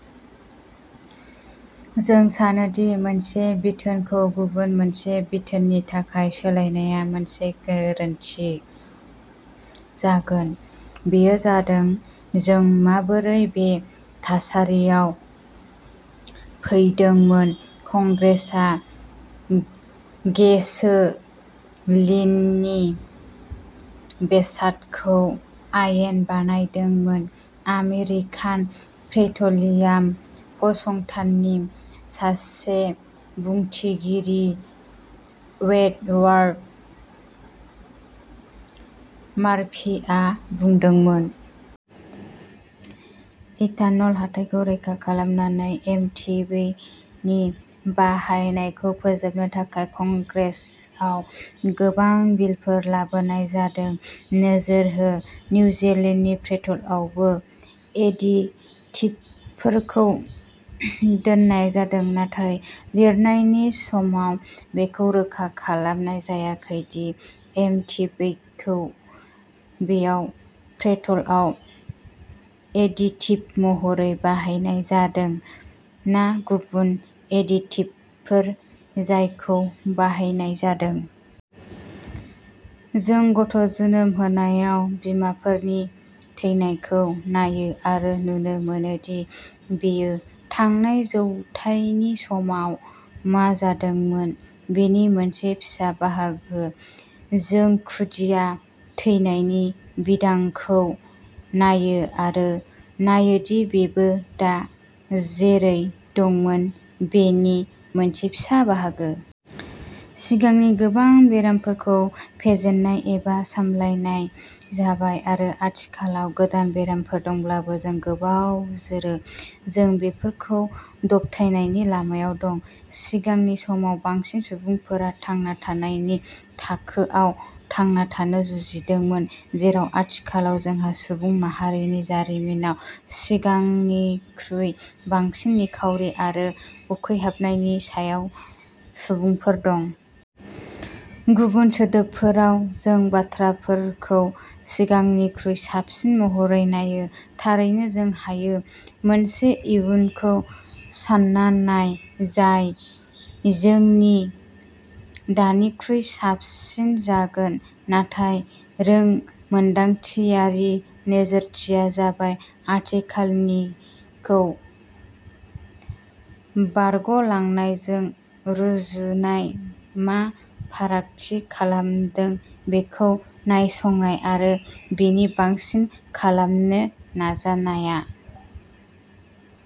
"जों सानो दि मोनसे बिथोनखौ गुबुन मोनसे बिथोननि थाखाय सोलायनाया मोनसे गोरोन्थि जागोन। बेयो जादों जों माबोरै बे थासारियाव फैदोंमोन, कंग्रेसआ गेसोलिननि बेसादखौ आयेन बानायदोंमोन ", आमेरिकान पेट्र'लियाम फसंथाननि सासे बुंथिगिरि एडवार्ड मार्फीआ बुंदोंमोन। इथानल हाथाइखौ रैखा खालामनानै एमटिबिइनि बाहायनायखौ फोजोबनो थाखाय कंग्रेसआव गोबां बिलफोर लाबोनाय जादों। नोजोर हो;-निउजीलेन्डनि पेट्रलआवबो एडिटिभफोरखौ दोननाय जादों नाथाय लिरनायनि समाव बेखौ रोखा खालामनाय जायाखै दि एमटिबिइखौ बेयाव पेट्रलआव एडिटिभ महरै बाहायनाय जादों ना गुबुन एडिटिभफोर जायखौ बाहायनाय जादों। जों गथ'जोनोम होनायाव बिमाफोरनि थैनायखौ नायो, आरो नुनो मोनो दि बेयो थांनाय जौथाइनि समाव मा जादोंमोन बेनि मोनसे फिसा बाहागो। जों खुदिया थैनायनि बिबांखौ नायो आरो नायोदि बेबो दा जेरै दंमोन बेनि मोनसे फिसा बाहागो। सिगांनि गोबां बेरामफोरखौ फेजेननाय एबा सामलायनाय जाबाय, आरो आथिखालाव गोदान बेरामफोर दंब्लाबो जों गोबाव जोरो, जों बेफोरखौ दबथायनायनि लामायाव दं। सिगांनि समाव बांसिन सुबुंफोरा थांना थानायनि थाखोआव थांना थानो जुजिदोंमोन, जेराव आथिखालाव जोंहा सुबुं माहारिनि जारिमिनाव सिगांनिख्रुइ बांसिन निखावरि आरो उखैहाबनायनि सायाव सुबुंफोर दं। गुबुन सोदोबफोराव जों बाथ्राफोरखौ सिगांनिख्रुइ साबसिन महरै नायो। थारैनो जों हायो। मोनसे इयुनखौ सानना नाय जाय जोंनि दानिख्रुइ साबसिन जागोन, नाथाय रोंमोन्दांथियारि नोजोरथिया जाबाय आथिखालनिखौ बारगलांनायजों रुजुनाय, मा फारागथि खालामदों बेखौ नायसंनाय, आरो बेनि बांसिन खालामनो नाजानाया।